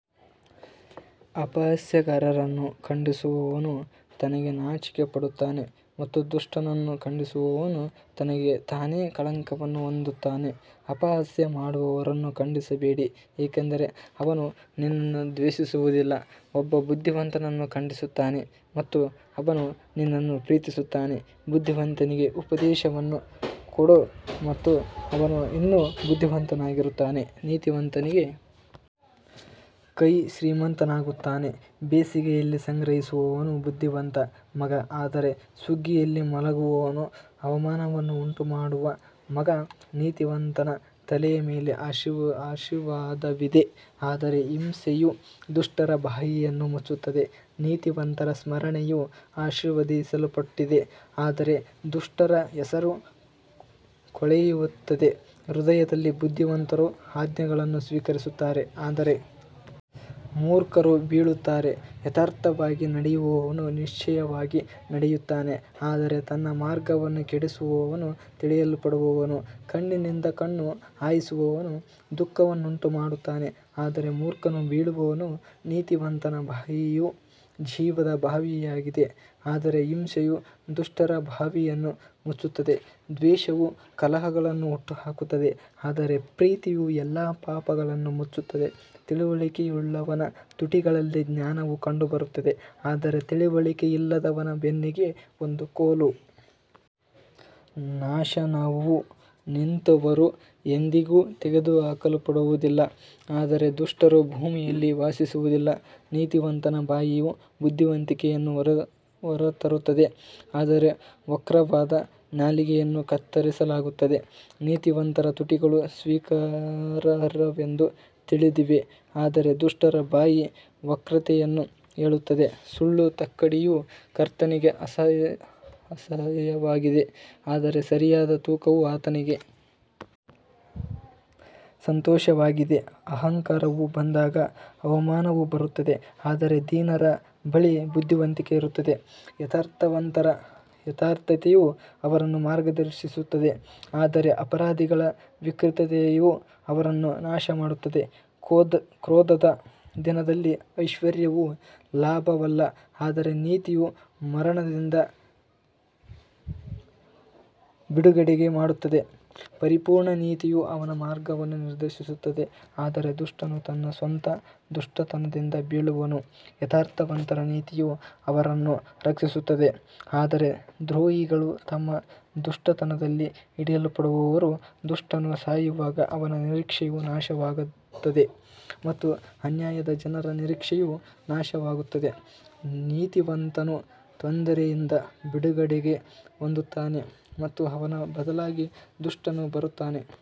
ಅಪಹಾಸ್ಯಗಾರನನ್ನು ಖಂಡಿಸುವವನು ತನಗೆ ನಾಚಿಕೆಪಡುತ್ತಾನೆ ಮತ್ತು ದುಷ್ಟನನ್ನು ಖಂಡಿಸುವವನು ತನಗೆ ತಾನೇ ಕಳಂಕವನ್ನು ಹೊಂದುತ್ತಾನೆ ಅಪಹಾಸ್ಯ ಮಾಡುವವರನ್ನು ಖಂಡಿಸಬೇಡಿ, ಏಕೆಂದರೆ ಅವನು ನಿನ್ನನ್ನು ದ್ವೇಷಿಸುವುದಿಲ್ಲ, ಒಬ್ಬ ಬುದ್ಧಿವಂತನನ್ನು ಖಂಡಿಸುತ್ತಾನೆ ಮತ್ತು ಅವನು ನಿನ್ನನ್ನು ಪ್ರೀತಿಸುತ್ತಾನೆ. ಬುದ್ಧಿವಂತನಿಗೆ ಉಪದೇಶವನ್ನು ಕೊಡು ಮತ್ತು ಅವನು ಇನ್ನೂ ಬುದ್ಧಿವಂತನಾಗಿರುತ್ತಾನೆ, ನೀತಿವಂತನಿಗೆ ಕೈ ಶ್ರೀಮಂತನಾಗುತ್ತಾನೆ ಬೇಸಿಗೆಯಲ್ಲಿ ಸಂಗ್ರಹಿಸುವವನು ಬುದ್ಧಿವಂತ ಮಗ ಆದರೆ ಸುಗ್ಗಿಯಲ್ಲಿ ಮಲಗುವವನು ಅವಮಾನವನ್ನು ಉಂಟುಮಾಡುವ ಮಗ ನೀತಿವಂತನ ತಲೆಯ ಮೇಲೆ ಆಶೀರ್ವಾದವಿದೆ ಆದರೆ ಹಿಂಸೆಯು ದುಷ್ಟರ ಬಾಯಿಯನ್ನು ಮುಚ್ಚುತ್ತದೆ ನೀತಿವಂತರ ಸ್ಮರಣೆಯು ಆಶೀರ್ವದಿಸಲ್ಪಟ್ಟಿದೆ ಆದರೆ ದುಷ್ಟರ ಹೆಸರು ಕೊಳೆಯುತ್ತದೆ ಹೃದಯದಲ್ಲಿ ಬುದ್ಧಿವಂತರು ಆಜ್ಞೆಗಳನ್ನು ಸ್ವೀಕರಿಸುತ್ತಾರೆ ಆದರೆ ಮೂರ್ಖರು ಬೀಳುತ್ತಾರೆ ಯಥಾರ್ಥವಾಗಿ ನಡೆಯುವವನು ನಿಶ್ಚಯವಾಗಿ ನಡೆಯುತ್ತಾನೆ ಆದರೆ ತನ್ನ ಮಾರ್ಗವನ್ನು ಕೆಡಿಸುವವನು ತಿಳಿಯಲ್ಪಡುವನು ಕಣ್ಣಿನಿಂದ ಕಣ್ಣು ಹಾಯಿಸುವವನು ದುಃಖವನ್ನುಂಟುಮಾಡುತ್ತಾನೆ, ಆದರೆ ಮೂರ್ಖನು ಬೀಳುವನು ನೀತಿವಂತನ ಬಾಯಿಯು ಜೀವದ ಬಾವಿಯಾಗಿದೆ ಆದರೆ ಹಿಂಸೆಯು ದುಷ್ಟರ ಬಾಯಿಯನ್ನು ಮುಚ್ಚುತ್ತದೆ ದ್ವೇಷವು ಕಲಹಗಳನ್ನು ಹುಟ್ಟುಹಾಕುತ್ತದೆ ಆದರೆ ಪ್ರೀತಿಯು ಎಲ್ಲಾ ಪಾಪಗಳನ್ನು ಮುಚ್ಚುತ್ತದೆ ತಿಳುವಳಿಕೆಯುಳ್ಳವನ ತುಟಿಗಳಲ್ಲಿ ಜ್ಞಾನವು ಕಂಡುಬರುತ್ತದೆ ಆದರೆ ತಿಳುವಳಿಕೆಯಿಲ್ಲದವನ ಬೆನ್ನಿಗೆ ಒಂದು ಕೋಲು. ನಾಶನವು ನೀತಿವಂತರು ಎಂದಿಗೂ ತೆಗೆದುಹಾಕಲ್ಪಡುವುದಿಲ್ಲ ಆದರೆ ದುಷ್ಟರು ಭೂಮಿಯಲ್ಲಿ ವಾಸಿಸುವುದಿಲ್ಲ ನೀತಿವಂತನ ಬಾಯಿಯು ಬುದ್ಧಿವಂತಿಕೆಯನ್ನು ಹೊರತರುತ್ತದೆ ಆದರೆ ವಕ್ರವಾದ ನಾಲಿಗೆಯನ್ನು ಕತ್ತರಿಸಲಾಗುತ್ತದೆ ನೀತಿವಂತರ ತುಟಿಗಳು ಸ್ವೀಕಾರಾರ್ಹವೆಂದು ತಿಳಿದಿವೆ ಆದರೆ ದುಷ್ಟರ ಬಾಯಿ ವಕ್ರತೆಯನ್ನು ಹೇಳುತ್ತದೆ ಸುಳ್ಳು ತಕ್ಕಡಿಯು ಕರ್ತನಿಗೆ ಅಸಹ್ಯವಾಗಿದೆ ಆದರೆ ಸರಿಯಾದ ತೂಕವು ಆತನಿಗೆ ಸಂತೋಷವಾಗಿದೆ ಅಹಂಕಾರವು ಬಂದಾಗ ಅವಮಾನವು ಬರುತ್ತದೆ ಆದರೆ ದೀನರ ಬಳಿ ಬುದ್ಧಿವಂತಿಕೆ ಇರುತ್ತದೆ ಯಥಾರ್ಥವಂತರ ಯಥಾರ್ಥತೆಯು ಅವರನ್ನು ಮಾರ್ಗದರ್ಶಿಸುತ್ತದೆ ಆದರೆ ಅಪರಾಧಿಗಳ ವಿಕೃತತೆಯು ಅವರನ್ನು ನಾಶಮಾಡುತ್ತದೆ ಕ್ರೋಧದ ದಿನದಲ್ಲಿ ಐಶ್ವರ್ಯವು ಲಾಭವಲ್ಲ ಆದರೆ ನೀತಿಯು ಮರಣದಿಂದ ಬಿಡುಗಡೆ ಮಾಡುತ್ತದೆ ಪರಿಪೂರ್ಣನ ನೀತಿಯು ಅವನ ಮಾರ್ಗವನ್ನು ನಿರ್ದೇಶಿಸುತ್ತದೆ ಆದರೆ ದುಷ್ಟನು ತನ್ನ ಸ್ವಂತ ದುಷ್ಟತನದಿಂದ ಬೀಳುವನು ಯಥಾರ್ಥವಂತರ ನೀತಿಯು ಅವರನ್ನು ರಕ್ಷಿಸುತ್ತದೆ ಆದರೆ ದ್ರೋಹಿಗಳು ತಮ್ಮ ದುಷ್ಟತನದಲ್ಲಿ ಹಿಡಿಯಲ್ಪಡುವರು ದುಷ್ಟನು ಸಾಯುವಾಗ ಅವನ ನಿರೀಕ್ಷೆಯು ನಾಶವಾಗುತ್ತದೆ ಮತ್ತು ಅನ್ಯಾಯದ ಜನರ ನಿರೀಕ್ಷೆಯು ನಾಶವಾಗುತ್ತದೆ ನೀತಿವಂತನು ತೊಂದರೆಯಿಂದ ಬಿಡುಗಡೆ ಹೊಂದುತ್ತಾನೆ ಮತ್ತು ಅವನ ಬದಲಾಗಿ ದುಷ್ಟನು ಬರುತ್ತಾನೆ.